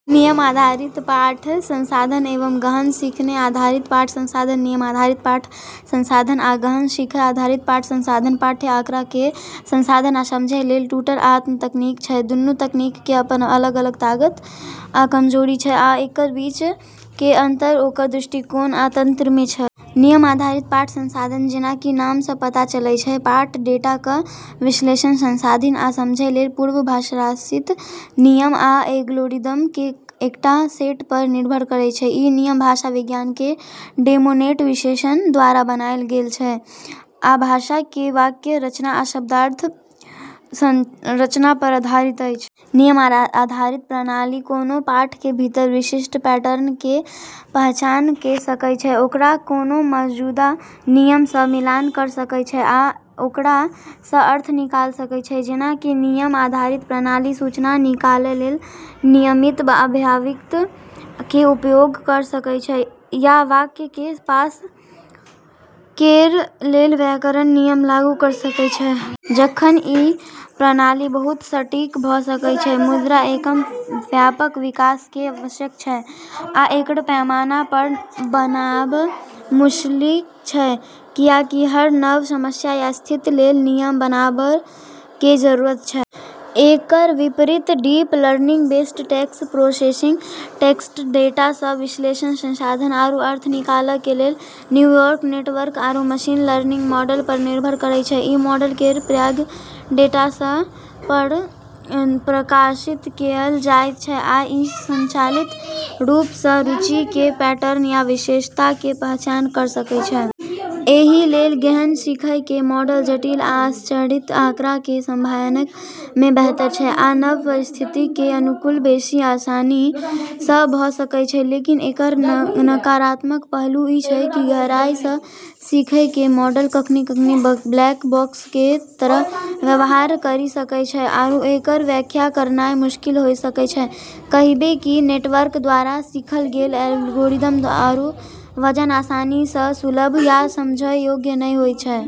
नियम आधारित पाठ संसाधन एवं गहन सीखने आधारित पाठ संसाधन। नियम आधारित पाठ संसाधन आ गहन सीखय आधारित पाठ संसाधन पाठ्य आँकड़ा केर संसाधन आ समझै लेल दूटा आम तकनीक छै। दुनू तकनीक के अपन अलग ताकत आ कमजोरी छै, आ एकर बीच केर अंतर ओकर दृष्टिकोण आ तंत्र मे छै। नियम आधारित पाठ संसाधन, जेना कि नाम सँ पता चलै छै, पाठ डेटा केर विश्लेषण, संसाधित आ समझै लेल पूर्व परिभाषित नियम आ एल्गोरिदम केर एकटा सेट पर निर्भर करैत छै। ई नियम भाषा विज्ञान केर डोमेन विशेषज्ञ द्वारा बनाएल गेल अछि, आ भाषा केर वाक्य रचना आ शब्दार्थ संरचना पर आधारित अछि। नियम आधारित प्रणाली कोनो पाठ के भीतर विशिष्ट पैटर्न केर पहचान कऽ सकै छै, ओकरा कोनो मौजूदा नियम सँ मिलान कऽ सकै छै आ ओकरा सँ अर्थ निकाल सकै छै। जेना कि नियम आधारित प्रणाली सूचना निकालै लेल नियमित अभिव्यक्ति केर उपयोग कऽ सकै छै, या वाक्य केँ पार्स करै लेल व्याकरण नियम लागू कऽ सकै छै। जखन कि ई प्रणाली बहुत सटीक भऽ सकै छै, मुदा एकर व्यापक विकास केर आवश्यकता छै आ एकर पैमाना पर बनाबब मुश्किल छै, कियाकि हर नव समस्या या स्थिति लेल नियम बनाबब केर जरूरत छै। एकर विपरीत, deep learning based text processing text data सँ विश्लेषण, संसाधन आरू अर्थ निकालै लेल न्यूरल नेटवर्क आरू मशीन लर्निंग मॉडल पर निर्भर करैत छै। ई मॉडल केर पैघ डेटासेट पर प्रशिक्षित कएल जाइत छै आ ई स्वचालित रूप सँ रुचि केर पैटर्न या विशेषता केर पहचान कऽ सकै छै। एहि लेल गहन सीखय केर मॉडल जटिल आ असंरचित आँकड़ा केँ संभालनाय मे बेहतर छै, आ नव परिस्थिति केर अनुकूल बेसि आसानी सँ भऽ सकै छै। लेकिन एकर नकारात्मक पहलू ई छै कि गहराई सँ सीखै केर मॉडल कखनी-कखनी 'ब्लैक बॉक्स' केर तरह व्यवहार करी सकै छै आरू एकर व्याख्या करनाय मुश्किल होय सकै छै, कहिबे कि नेटवर्क द्वारा सीखल गेल एल्गोरिदम आरू वजन आसानी सँ सुलभ या समझै योग्य नहि होइत छै।